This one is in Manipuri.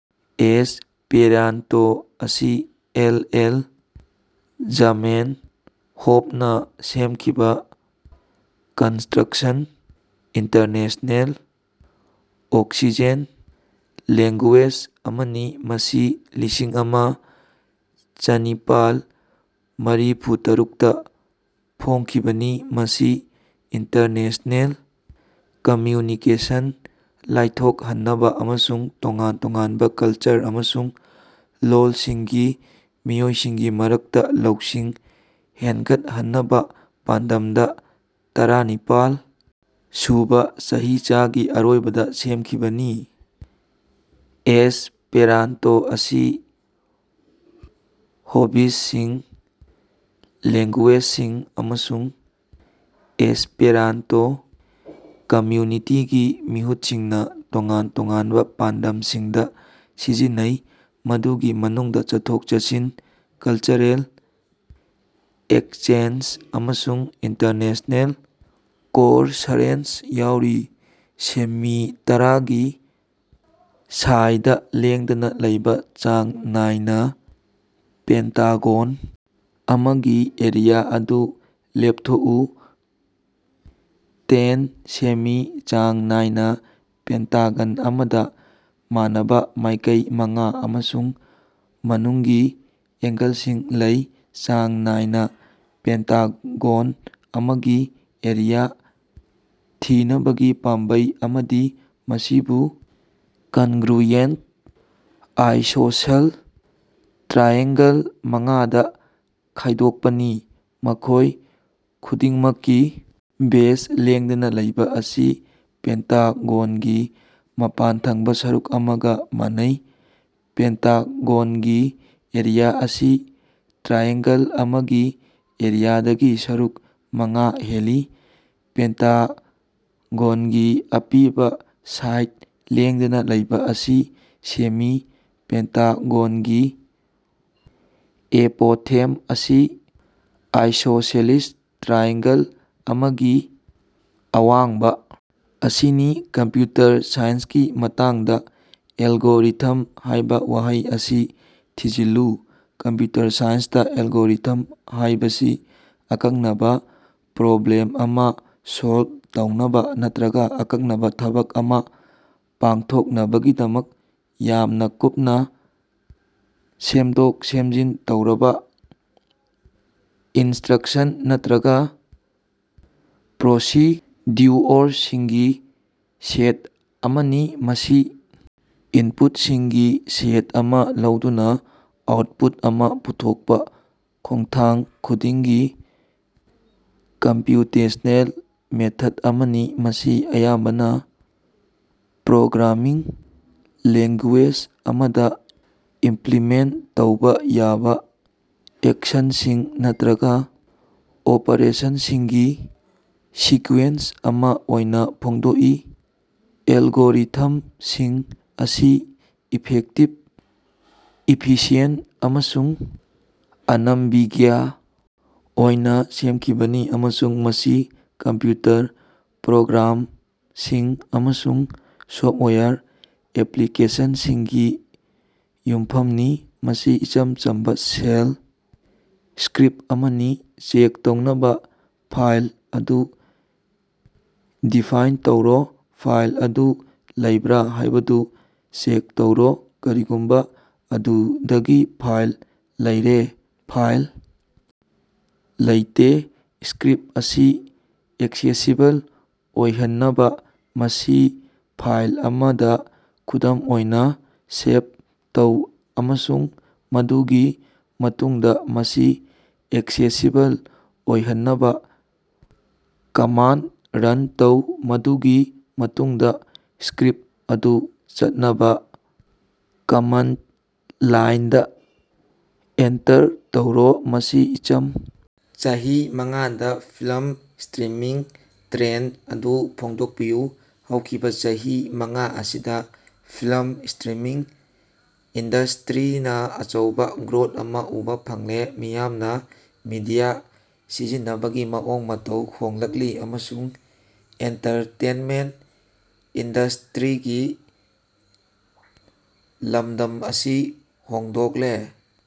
ꯑꯦꯁꯄꯦꯔꯥꯟꯇꯣ ꯑꯁꯤ ꯑꯦꯜ. ꯑꯦꯜ. ꯖꯥꯃꯦꯟꯍꯣꯐꯅ ꯁꯦꯝꯈꯤꯕ ꯀꯟꯁꯇ꯭ꯔꯛꯁꯟ ꯏꯟꯇꯔꯅꯦꯁꯅꯦꯜ ꯑꯣꯛꯁꯤꯖꯦꯟ ꯂꯦꯡꯒꯨ꯭ꯏꯖ ꯑꯃꯅꯤ, ꯃꯁꯤ ꯂꯤꯁꯤꯡꯑꯃ ꯆꯥꯅꯤꯄꯥꯜ ꯃꯔꯤꯐꯨꯇꯔꯨꯛ ꯇ ꯐꯣꯡꯈꯤꯕꯅꯤ, ꯃꯁꯤ ꯏꯟꯇꯔꯅꯦꯁꯅꯦꯜ ꯀꯝꯃ꯭ꯌꯨꯅꯤꯀꯦꯁꯟ ꯂꯥꯏꯊꯣꯛꯍꯟꯅꯕ ꯑꯃꯁꯨꯡ ꯇꯣꯉꯥꯟ ꯇꯣꯉꯥꯟꯕ ꯀꯜꯆꯔ ꯑꯃꯁꯨꯡ ꯂꯣꯜꯁꯤꯡꯒꯤ ꯃꯤꯑꯣꯏꯁꯤꯡꯒꯤ ꯃꯔꯛꯇ ꯂꯧꯁꯤꯡ ꯍꯦꯟꯒꯠꯍꯟꯅꯕ ꯄꯥꯟꯗꯝꯗ ꯇꯔꯥꯅꯤꯄꯥꯜ ꯁꯨꯕ ꯆꯍꯤꯆꯒꯤ ꯑꯔꯣꯏꯕꯗ ꯁꯦꯝꯈꯤꯕꯅꯤ꯫ ꯑꯦꯁꯄꯦꯔꯥꯟꯇꯣ ꯑꯁꯤ ꯍꯣꯕꯤꯁꯁꯤꯡ, ꯂꯤꯡꯒꯨꯏꯖꯁꯤꯡ ꯑꯃꯁꯨꯡ ꯑꯦꯁꯄꯦꯔꯥꯟꯇꯣ ꯀꯝꯃ꯭ꯌꯨꯅꯤꯇꯤꯒꯤ ꯃꯤꯍꯨꯠꯁꯤꯡꯅ ꯇꯣꯉꯥꯟ ꯇꯣꯉꯥꯟꯕ ꯄꯥꯟꯗꯝꯁꯤꯡꯗ ꯁꯤꯖꯤꯟꯅꯩ, ꯃꯗꯨꯒꯤ ꯃꯅꯨꯡꯗ ꯆꯠꯊꯣꯛ-ꯆꯠꯁꯤꯟ, ꯀꯜꯆꯔꯦꯜ ꯑꯦꯛꯁꯆꯦꯟꯖ, ꯑꯃꯁꯨꯡ ꯏꯟꯇꯔꯅꯦꯁꯅꯦꯜ ꯀꯣꯔꯁꯔꯦꯟꯁ ꯌꯥꯎꯔꯤ꯫ ꯁꯦꯃꯤ ꯇꯔꯥꯒꯤ ꯁꯥꯏꯗ ꯂꯦꯡꯗꯅ ꯂꯩꯕ ꯆꯥꯡ ꯅꯥꯏꯅ ꯄꯦꯟꯇꯥꯒꯣꯟ ꯑꯃꯒꯤ ꯑꯦꯔꯤꯌꯥ ꯑꯗꯨ ꯂꯦꯞꯊꯣꯛꯎ꯫ ꯇꯦꯟ ꯁꯦꯃꯤ ꯆꯥꯡ ꯅꯥꯏꯅ ꯄꯦꯟꯇꯥꯒꯣꯟ ꯑꯃꯗ ꯃꯥꯟꯅꯕ ꯃꯥꯏꯀꯩ ꯃꯉꯥ ꯑꯃꯁꯨꯡ ꯃꯅꯨꯡꯒꯤ ꯑꯦꯡꯒꯜꯁꯤꯡ ꯂꯩ꯫ ꯆꯥꯡ ꯅꯥꯏꯅ ꯄꯦꯟꯇꯥꯒꯣꯟ ꯑꯃꯒꯤ ꯑꯦꯔꯤꯌꯥ ꯊꯤꯅꯕꯒꯤ ꯄꯥꯝꯕꯩ ꯑꯃꯗꯤ ꯃꯁꯤꯕꯨ ꯀꯟꯒ꯭ꯔꯨꯌꯦꯟꯠ ꯑꯥꯏꯁꯣꯁꯦꯜ ꯇ꯭ꯔꯥꯏꯑꯦꯡꯒꯜ ꯃꯉꯥꯗ ꯈꯥꯏꯗꯣꯛꯄꯅꯤ, ꯃꯈꯣꯏ ꯈꯨꯗꯤꯡꯃꯛꯀꯤ ꯕꯦꯖ ꯂꯦꯡꯗꯅ ꯂꯩꯕ ꯑꯁꯤ ꯄꯦꯟꯇꯥꯒꯣꯟꯒꯤ ꯃꯄꯥꯟ ꯊꯪꯕ ꯁꯔꯨꯛ ꯑꯃꯥꯒ ꯃꯥꯟꯅꯩ꯫ ꯄꯦꯟꯇꯥꯒꯣꯟꯒꯤ ꯑꯦꯔꯤꯌꯥ ꯑꯁꯤ ꯇ꯭ꯔꯥꯏꯑꯦꯡꯒꯜ ꯑꯃꯒꯤ ꯑꯦꯔꯤꯌꯥꯗꯒꯤ ꯁꯔꯨꯛ ꯃꯉꯥ ꯍꯦꯜꯂꯤ꯫ ꯄꯦꯟꯇꯥꯒꯣꯟꯒꯤ ꯑꯄꯤꯕ ꯁꯥꯏꯗ ꯂꯦꯡꯗꯅ ꯂꯩꯕ ꯑꯁꯤ ꯁꯦꯃꯤ ꯄꯦꯟꯇꯥꯒꯣꯟꯒꯤ ꯑꯦꯄꯣꯊꯦꯝ ꯑꯁꯤ ꯑꯥꯏꯁꯣꯁꯦꯂꯤꯁ ꯇ꯭ꯔꯥꯏꯑꯦꯡꯒꯜ ꯑꯃꯒꯤ ꯑꯋꯥꯡꯕ ꯑꯁꯤꯅꯤ꯫ ꯀꯝꯄ꯭ꯌꯨꯇꯔ ꯁꯥꯏꯟꯁꯀꯤ ꯃꯇꯥꯡꯗ "ꯑꯦꯜꯒꯣꯔꯤꯊꯝ" ꯍꯥꯏꯕ ꯋꯥꯍꯩ ꯑꯁꯤ ꯊꯤꯖꯤꯜꯂꯨ꯫ ꯀꯝꯄ꯭ꯌꯨꯇꯔ ꯁꯥꯏꯟꯁꯇ, ꯑꯦꯜꯒꯣꯔꯤꯊꯝ ꯍꯥꯏꯕꯁꯤ ꯑꯀꯛꯅꯕ ꯄ꯭ꯔꯣꯕ꯭ꯂꯦꯝ ꯑꯃ ꯁꯣꯜꯕ ꯇꯧꯅꯕ ꯅꯠꯇ꯭ꯔꯒ ꯑꯀꯛꯅꯕ ꯊꯕꯛ ꯑꯃ ꯄꯥꯡꯊꯣꯛꯅꯕꯒꯤꯗꯃꯛ ꯌꯥꯝꯅ ꯀꯨꯞꯅ ꯁꯦꯝꯗꯣꯛ-ꯁꯦꯝꯖꯤꯟ ꯇꯧꯔꯕ ꯏꯟꯁꯇ꯭ꯔꯛꯁꯟ ꯅꯠꯇ꯭ꯔꯒ ꯄ꯭ꯔꯣꯁꯤꯗ꯭ꯌꯨꯑꯣꯔꯁꯤꯡꯒꯤ ꯁꯦꯠ ꯑꯃꯅꯤ꯫ ꯃꯁꯤ ꯏꯟꯄꯨꯠꯁꯤꯡꯒꯤ ꯁꯦꯠ ꯑꯃ ꯂꯧꯗꯨꯅ ꯑꯥꯎꯠꯄꯨꯠ ꯑꯃ ꯄꯨꯊꯣꯛꯄ ꯈꯣꯡꯊꯥꯡ ꯈꯨꯗꯤꯡꯒꯤ ꯀꯝꯄ꯭ꯌꯨꯇꯦꯁꯅꯦꯜ ꯃꯦꯊꯗ ꯑꯃꯅꯤ, ꯃꯁꯤ ꯑꯌꯥꯝꯕꯅ ꯄ꯭ꯔꯣꯒ꯭ꯔꯥꯃꯤꯡ ꯂꯦꯡꯒꯨ꯭ꯏꯖ ꯑꯃꯗ ꯏꯝꯄ꯭ꯂꯤꯃꯦꯟꯠ ꯇꯧꯕ ꯌꯥꯕ ꯑꯦꯛꯁꯟꯁꯤꯡ ꯅꯠꯇ꯭ꯔꯒ ꯑꯣꯄꯔꯦꯁꯟꯁꯤꯡꯒꯤ ꯁꯤꯀꯨ꯭ꯌꯦꯟꯁ ꯑꯃ ꯑꯣꯏꯅ ꯐꯣꯡꯗꯣꯛꯏ꯫ ꯑꯦꯜꯒꯣꯔꯤꯊꯝꯁꯤꯡ ꯑꯁꯤ ꯏꯐꯦꯛꯇꯤꯚ, ꯏꯐꯤꯁꯤꯌꯦꯟꯠ ꯑꯃꯁꯨꯡ ꯑꯅꯝꯕꯤꯒ꯭ꯌ ꯑꯣꯏꯅ ꯁꯦꯝꯈꯤꯕꯅꯤ ꯑꯃꯁꯨꯡ ꯃꯁꯤ ꯀꯝꯄ꯭ꯌꯨꯇꯔ ꯄ꯭ꯔꯣꯒ꯭ꯔꯥꯝꯁꯤꯡ ꯑꯃꯁꯨꯡ ꯁꯣꯐꯋꯦꯌꯔ ꯑꯦꯄ꯭ꯂꯤꯀꯦꯁꯟꯁꯤꯡꯒꯤ ꯌꯨꯝꯐꯝꯅꯤ꯫ ꯃꯁꯤ ꯏꯆꯝ ꯆꯝꯕ ꯁꯦꯜ ꯁ꯭ꯀꯔꯤꯞ ꯑꯃꯅꯤ꯫ ꯆꯦꯛ ꯇꯧꯅꯕ ꯐꯥꯏꯜ ꯑꯗꯨ ꯗꯤꯐꯥꯏꯟ ꯇꯧꯔꯣ꯫ ꯐꯥꯏꯜ ꯑꯗꯨ ꯂꯩꯕ꯭ꯔꯥ ꯍꯥꯏꯕꯗꯨ ꯆꯦꯛ ꯇꯧꯔꯣ ꯀꯔꯤꯒꯨꯝꯕ ꯑꯗꯨꯗꯒꯤ ꯐꯥꯏꯜ ꯂꯩꯔꯦ꯫ ꯐꯥꯏꯜ ꯂꯩꯇꯦ ꯁ꯭ꯀꯔꯤꯞ ꯑꯁꯤ ꯑꯦꯛꯁꯦꯁꯤꯕꯜ ꯑꯣꯏꯍꯟꯅꯕ, ꯃꯁꯤ ꯐꯥꯏꯜ ꯑꯃꯗ (ꯈꯨꯗꯝ ꯑꯣꯏꯅꯥ ) ꯁꯦꯚ ꯇꯧ ꯑꯃꯁꯨꯡ ꯃꯗꯨꯒꯤ ꯃꯇꯨꯡꯗ ꯃꯁꯤ ꯑꯦꯛꯁꯦꯁꯤꯕꯜ ꯑꯣꯏꯍꯟꯅꯕ, ꯀꯃꯥꯟꯗ ꯔꯟ ꯇꯧ, ꯃꯗꯨꯒꯤ ꯃꯇꯨꯡꯗꯥ ꯁ꯭ꯀꯔꯤꯞ ꯑꯗꯨ ꯆꯠꯅꯕ ꯀꯃꯥꯟꯗ ꯂꯥꯏꯟꯗ ꯑꯦꯟꯇꯔ ꯇꯧꯔꯣ ꯃꯁꯤ ꯏꯆꯝ ꯆꯍꯤ ꯃꯉꯥꯗ ꯐꯤꯜꯝ ꯁ꯭ꯇꯔꯤꯃꯤꯡ ꯇ꯭ꯔꯦꯟꯗ ꯑꯗꯨ ꯐꯣꯡꯗꯣꯛꯄꯤꯌꯨ꯫ ꯍꯧꯈꯤꯕ ꯆꯍꯤ ꯃꯉꯥ ꯑꯁꯤꯗ ꯐꯤꯜꯝ ꯁ꯭ꯇꯔꯤꯃꯤꯡ ꯏꯟꯗꯁꯇꯔꯤꯅ ꯑꯆꯧꯕ ꯒ꯭ꯔꯣꯊ ꯑꯃ ꯎꯕ ꯐꯪꯂꯦ, ꯃꯤꯌꯥꯝꯅ ꯃꯤꯗꯤꯌꯥ ꯁꯤꯖꯤꯟꯅꯕꯒꯤ ꯃꯑꯣꯡ ꯃꯇꯧ ꯍꯣꯡꯂꯛꯂꯤ ꯑꯃꯁꯨꯡ ꯑꯦꯟꯇꯔꯇꯦꯟꯃꯦꯟꯠ ꯏꯟꯗꯁ꯭ꯠꯔꯤꯒꯤ ꯂꯝꯗꯝ ꯑꯁꯤ ꯍꯣꯡꯗꯣꯛꯂꯦ꯫